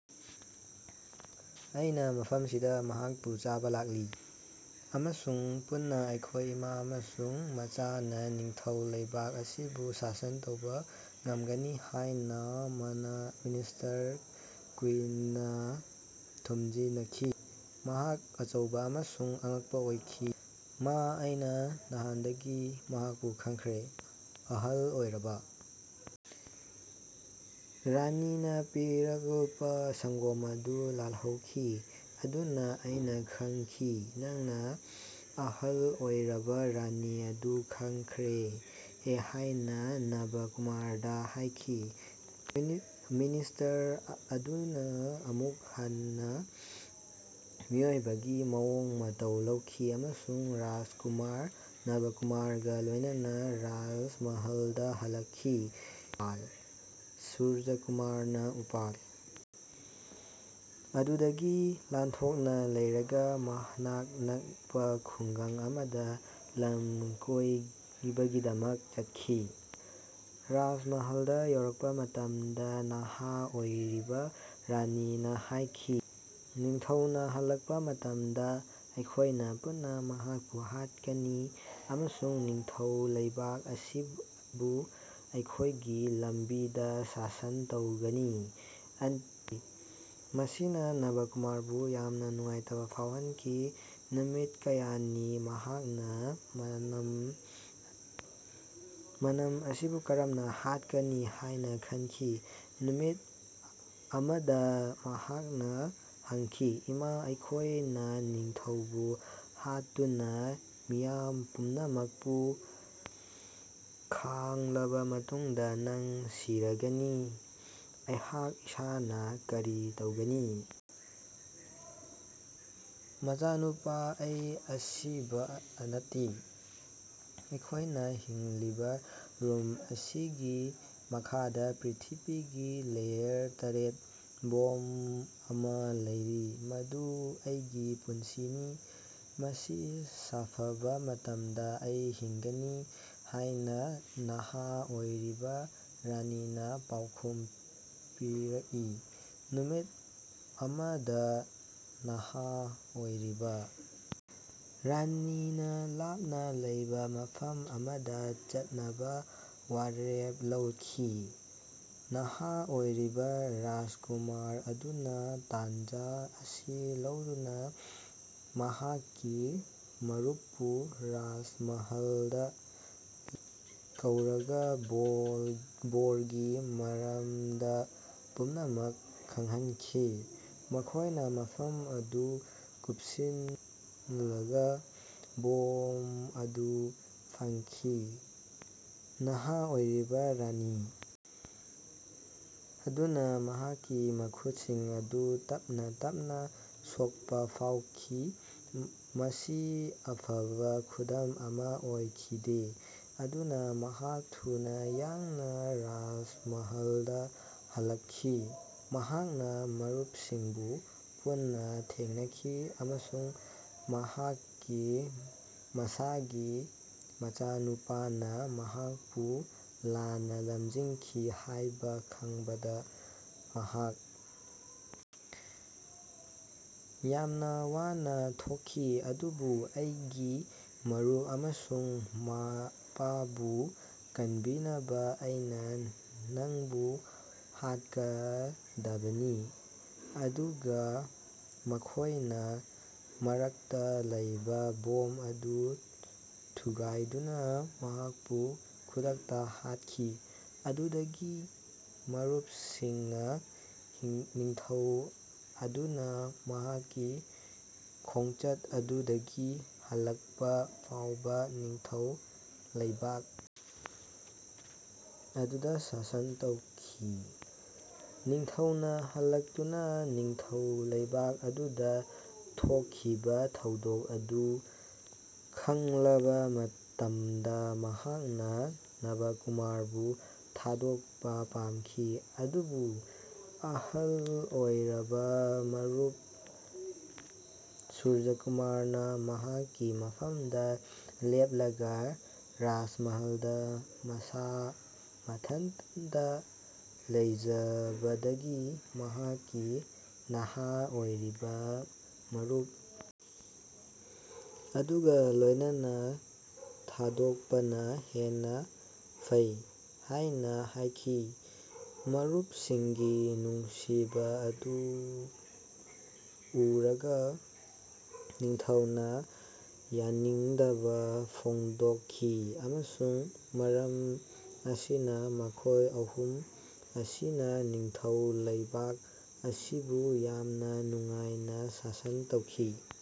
ꯑꯩꯅꯥ ꯃꯐꯝꯁꯤꯗꯥ ꯃꯍꯥꯛꯄꯨ ꯆꯥꯕꯥ ꯂꯥꯛꯂꯤ꯫ ꯑꯃꯁꯨꯡ ꯄꯨꯟꯅꯥ ꯑꯩꯈꯣꯏ ꯏꯃꯥ ꯑꯃꯁꯨꯡ ꯃꯆꯥꯅꯥ ꯅꯤꯡꯊꯧ ꯂꯩꯕꯥꯛ ꯑꯁꯤꯕꯨ ꯁꯥꯁꯟ ꯇꯧꯕꯥ ꯉꯝꯒꯅꯤ ꯍꯥꯏꯅꯥ ꯃꯅꯁ꯭ꯇꯔ ꯀꯨꯏꯅꯅ ꯊꯨꯝꯖꯤꯅꯈꯤ꯫ ꯃꯍꯥꯛ ꯑꯆꯧꯕꯥ ꯑꯃꯁꯨꯡ ꯑꯉꯛꯄꯥ ꯑꯣꯏꯈꯤ꯫ ꯃꯥ ꯑꯩꯅꯥ ꯍꯥꯟꯅꯗꯒꯤ ꯃꯍꯥꯛꯄꯨ ꯈꯪꯈ꯭ꯔꯦ꯫ ꯑꯍꯜ ꯑꯣꯏꯔꯕꯥ ꯔꯥꯅꯤꯅꯥ ꯄꯤꯔꯜꯄꯥ ꯁꯪꯒꯣꯝ ꯑꯗꯨ ꯂꯥꯜꯍꯧꯈꯤ꯫ ꯑꯗꯨꯅꯥ ꯑꯩꯅꯥ ꯈꯪꯈꯤ ꯅꯪꯅꯥ ꯑꯍꯜ ꯑꯣꯏꯔꯕꯥ ꯔꯥꯅꯤ ꯑꯗꯨ ꯈꯪꯈ꯭ꯔꯦ ꯍꯥꯏꯅꯥ ꯅꯕꯀꯨꯃꯥꯔꯗꯥ ꯍꯥꯏꯈꯤ꯫ ꯃꯤꯅꯤꯁꯇꯔ ꯑꯗꯨꯅꯥ ꯑꯃꯨꯛ ꯍꯟꯅꯥ ꯃꯤꯑꯣꯏꯕꯒꯤ ꯃꯑꯣꯡ ꯃꯇꯧ ꯂꯧꯈꯤ ꯑꯃꯁꯨꯡ ꯔꯥꯖꯀꯨꯃꯥꯔ ꯅꯕꯀꯨꯃꯥꯔꯒꯥ ꯂꯣꯏꯅꯅꯥ ꯔꯥꯖꯃꯍꯜꯗꯥ ꯍꯜꯂꯛꯈꯤ꯫ ꯁꯨꯔꯖꯥꯀꯨꯃꯥꯔꯅꯥ ꯎꯄꯥꯜ ꯑꯗꯨꯗꯒꯤ ꯂꯥꯞꯊꯣꯛꯅꯥ ꯂꯩꯔꯒꯥ ꯃꯅꯥꯛ ꯅꯛꯄꯥ ꯈꯨꯡꯒꯪ ꯑꯃꯗꯥ ꯂꯝꯀꯣꯏꯕꯒꯤꯗꯃꯛ ꯆꯠꯈꯤ꯫ ꯔꯥꯖꯃꯍꯜꯗꯥ ꯌꯧꯔꯛꯄꯥ ꯃꯇꯝꯗꯥ ꯅꯍꯥ ꯑꯣꯏꯔꯤꯕꯥ ꯔꯥꯅꯤꯅꯥ ꯍꯥꯏꯈꯤ ꯅꯤꯡꯊꯧꯅꯥ ꯍꯜꯂꯛꯄꯥ ꯃꯇꯝꯗꯥ ꯑꯩꯈꯣꯏꯅꯥ ꯄꯨꯟꯅꯥ ꯃꯍꯥꯛꯄꯨ ꯍꯥꯠꯀꯅꯤ ꯑꯃꯁꯨꯡ ꯅꯤꯡꯊꯧ ꯂꯩꯕꯥꯛ ꯑꯁꯤꯕꯨ ꯑꯩꯈꯣꯏꯒꯤ ꯂꯝꯕꯤꯗꯥ ꯁꯥꯁꯟ ꯇꯧꯒꯅꯤ꯫ ꯃꯁꯤꯅꯥ ꯅꯕꯀꯨꯃꯥꯔꯕꯨ ꯌꯥꯝꯅꯥ ꯅꯨꯡꯉꯥꯏꯇꯕꯥ ꯐꯥꯎꯍꯟꯈꯤ꯫ ꯅꯨꯃꯤꯠ ꯀꯌꯥꯅꯤ ꯃꯍꯥꯛꯅꯥ ꯃꯅꯝ ꯑꯁꯤꯕꯨ ꯀꯔꯝꯅꯥ ꯍꯥꯠꯀꯅꯤ ꯍꯥꯏꯅꯥ ꯈꯟꯈꯤ꯫ ꯅꯨꯃꯤꯠ ꯑꯃꯗꯥ ꯃꯍꯥꯛꯅꯥ ꯍꯪꯈꯤ ꯏꯃꯥ ꯑꯩꯈꯣꯏꯅꯥ ꯅꯤꯡꯊꯧꯕꯨ ꯍꯥꯠꯇꯨꯅꯥ ꯃꯤꯌꯥꯝ ꯄꯨꯝꯅꯃꯛꯄꯨ ꯈꯥꯡꯂꯕꯥ ꯃꯇꯨꯡꯗꯥ ꯅꯪ ꯁꯤꯔꯒꯅꯤ꯫ ꯑꯩꯍꯥꯛ ꯏꯁꯥꯅꯥ ꯀꯔꯤ ꯇꯧꯒꯅꯤ? ꯃꯆꯥꯅꯨꯄꯥ ꯑꯩ ꯑꯁꯤꯕꯥ ꯅꯠꯇꯦ꯫ ꯑꯩꯈꯣꯏꯅꯥ ꯍꯤꯡꯂꯤꯕꯥ ꯔꯨꯝ ꯑꯁꯤꯒꯤ ꯃꯈꯥꯗꯥ ꯄ꯭ꯔ꯭ꯤꯊꯤꯕꯤꯒꯤ ꯂꯦꯌꯔ ꯇꯔꯦꯠ ꯕꯣꯝ ꯑꯃꯥ ꯂꯩꯔꯤ꯫ ꯃꯗꯨ ꯑꯩꯒꯤ ꯄꯨꯟꯁꯤꯅꯤ꯫ ꯃꯁꯤ ꯁꯥꯐꯕꯥ ꯃꯇꯝꯗꯥ ꯑꯩ ꯍꯤꯡꯒꯅꯤ ꯍꯥꯏꯅꯥ ꯅꯍꯥ ꯑꯣꯏꯔꯤꯕꯥ ꯔꯥꯅꯤꯅꯥ ꯄꯥꯎꯈꯨꯝ ꯄꯤꯔꯛꯏ꯫ ꯅꯨꯃꯤꯠ ꯑꯃꯗꯥ ꯅꯍꯥ ꯑꯣꯏꯔꯤꯕꯥ ꯔꯥꯅꯤꯅꯥ ꯂꯥꯞꯅꯥ ꯂꯩꯕꯥ ꯃꯐꯝ ꯑꯃꯗꯥ ꯆꯠꯅꯕꯥ ꯋꯥꯔꯦꯞ ꯂꯧꯈꯤ꯫ ꯅꯍꯥ ꯑꯣꯏꯔꯤꯕꯥ ꯔꯥꯖꯀꯨꯃꯥꯔ ꯑꯗꯨꯅꯥ ꯇꯥꯟꯖꯥ ꯑꯁꯤ ꯂꯧꯗꯨꯅꯥ ꯃꯍꯥꯛꯀꯤ ꯃꯔꯨꯞꯄꯨ ꯔꯥꯖꯃꯍꯂꯗꯥ ꯀꯧꯔꯒꯥ ꯕꯣꯔꯒꯤ ꯃꯔꯝꯗꯥ ꯄꯨꯝꯅꯃꯛ ꯈꯪꯍꯟꯈꯤ꯫ ꯃꯈꯣꯏꯅꯥ ꯃꯐꯝ ꯑꯗꯨ ꯀꯨꯞꯁꯤꯜꯂꯒꯥ ꯕꯣꯝ ꯑꯗꯨ ꯐꯪꯈꯤ꯫ ꯅꯍꯥ ꯑꯣꯏꯔꯤꯕꯥ ꯔꯥꯅꯤ ꯑꯗꯨꯅꯥ ꯃꯍꯥꯛꯀꯤ ꯃꯈꯨꯠꯁꯤꯡ ꯑꯗꯨ ꯇꯞꯅꯥ ꯇꯞꯅꯥ ꯁꯣꯛꯄꯥ ꯐꯥꯎꯈꯤ꯫ ꯃꯁꯤ ꯑꯐꯕꯥ ꯈꯨꯗꯝ ꯑꯃꯥ ꯑꯣꯏꯈꯤꯗꯦ꯫ ꯑꯗꯨꯅꯥ ꯃꯍꯥꯛ ꯊꯨꯅꯥ ꯌꯥꯡꯅꯥ ꯔꯥꯖꯃꯍꯜꯗꯥ ꯍꯜꯂꯛꯈꯤ꯫ ꯃꯍꯥꯛꯅꯥ ꯃꯔꯨꯞꯁꯤꯡꯕꯨ ꯄꯨꯟꯅꯥ ꯊꯦꯡꯅꯈꯤ ꯑꯃꯁꯨꯡ ꯃꯍꯥꯛꯀꯤ ꯃꯁꯥꯒꯤ ꯃꯆꯥꯅꯨꯄꯥꯅꯥ ꯃꯍꯥꯛꯄꯨ ꯂꯥꯟꯅꯥ ꯂꯝꯖꯤꯡꯈꯤ ꯍꯥꯏꯕꯥ ꯈꯪꯕꯗꯥ ꯃꯍꯥꯛ ꯌꯥꯝꯅꯥ ꯋꯥꯅꯥ ꯊꯣꯛꯈꯤ꯫ ꯑꯗꯨꯕꯨ ꯑꯩꯒꯤ ꯃꯔꯨꯞ ꯑꯃꯁꯨꯡ ꯃꯄꯥꯕꯨ ꯀꯟꯕꯤꯅꯕꯥ ꯑꯩꯅꯥ ꯅꯪꯕꯨ ꯍꯥꯠꯀꯗꯕꯅꯤ꯫ ꯑꯗꯨꯒꯥ ꯃꯈꯣꯏꯅꯥ ꯃꯔꯛꯇꯥ ꯂꯩꯕꯥ ꯕꯣꯝ ꯑꯗꯨ ꯊꯨꯒꯥꯏꯗꯨꯅꯥ ꯃꯍꯥꯛꯄꯨ ꯈꯨꯗꯛꯇꯥ ꯍꯥꯠꯈꯤ꯫ ꯑꯗꯨꯗꯒꯤ ꯃꯔꯨꯞꯁꯤꯡꯅꯥ ꯅꯤꯡꯊꯧ ꯑꯗꯨꯅꯥ ꯃꯍꯥꯛꯀꯤ ꯈꯣꯡꯆꯠ ꯑꯗꯨꯗꯒꯤ ꯍꯜꯂꯛꯄꯥ ꯐꯥꯎꯕꯥ ꯅꯤꯡꯊꯧ ꯂꯩꯕꯥꯛ ꯑꯗꯨꯗꯥ ꯁꯥꯁꯟ ꯇꯧꯈꯤ꯫ ꯅꯤꯡꯊꯧꯅꯥ ꯍꯜꯂꯛꯇꯨꯅꯥ ꯅꯤꯡꯊꯧ ꯂꯩꯕꯥꯛ ꯑꯗꯨꯗꯥ ꯊꯣꯛꯈꯤꯕꯥ ꯊꯧꯗꯣꯛ ꯑꯗꯨ ꯈꯪꯂꯕꯥ ꯃꯇꯝꯗꯥ ꯃꯍꯥꯛꯅꯥ ꯅꯕꯀꯨꯃꯥꯔꯕꯨ ꯊꯥꯗꯣꯛꯄꯥ ꯄꯥꯝꯈꯤ ꯑꯗꯨꯕꯨ ꯑꯍꯜ ꯑꯣꯏꯔꯕꯥ ꯃꯔꯨꯞ ꯁꯨꯔꯖꯥꯀꯨꯃꯥꯔꯅꯥ ꯃꯍꯥꯛꯀꯤ ꯃꯐꯝꯗꯥ ꯂꯦꯞꯂꯒꯥ ꯔꯥꯖꯃꯍꯜꯗꯥ ꯃꯁꯥ ꯃꯊꯟꯇꯥ ꯂꯩꯖꯕꯗꯒꯤ ꯃꯍꯥꯛꯀꯤ ꯅꯍꯥ ꯑꯣꯏꯔꯤꯕꯥ ꯃꯔꯨꯞ ꯑꯗꯨꯒꯥ ꯂꯣꯏꯅꯅꯥ ꯊꯥꯗꯣꯛꯄꯅꯥ ꯍꯦꯟꯅꯥ ꯐꯩ ꯍꯥꯏꯅꯥ ꯍꯥꯏꯈꯤ꯫ ꯃꯔꯨꯞꯁꯤꯡꯒꯤ ꯅꯨꯡꯁꯤꯕꯥ ꯑꯗꯨ ꯎꯔꯒꯥ ꯅꯤꯡꯊꯧꯅꯥ ꯌꯥꯅꯤꯡꯗꯕꯥ ꯐꯣꯡꯗꯣꯛꯈꯤ꯫ ꯑꯃꯁꯨꯡ ꯃꯔꯝ ꯑꯁꯤꯅꯥ ꯃꯈꯣꯏ ꯑꯍꯨꯝ ꯑꯁꯤꯅꯥ ꯅꯤꯡꯊꯧ ꯂꯩꯕꯥꯛ ꯑꯁꯤꯕꯨ ꯌꯥꯝꯅꯥ ꯅꯨꯡꯉꯥꯏꯅꯥ ꯁꯥꯁꯟ ꯇꯧꯈꯤ꯫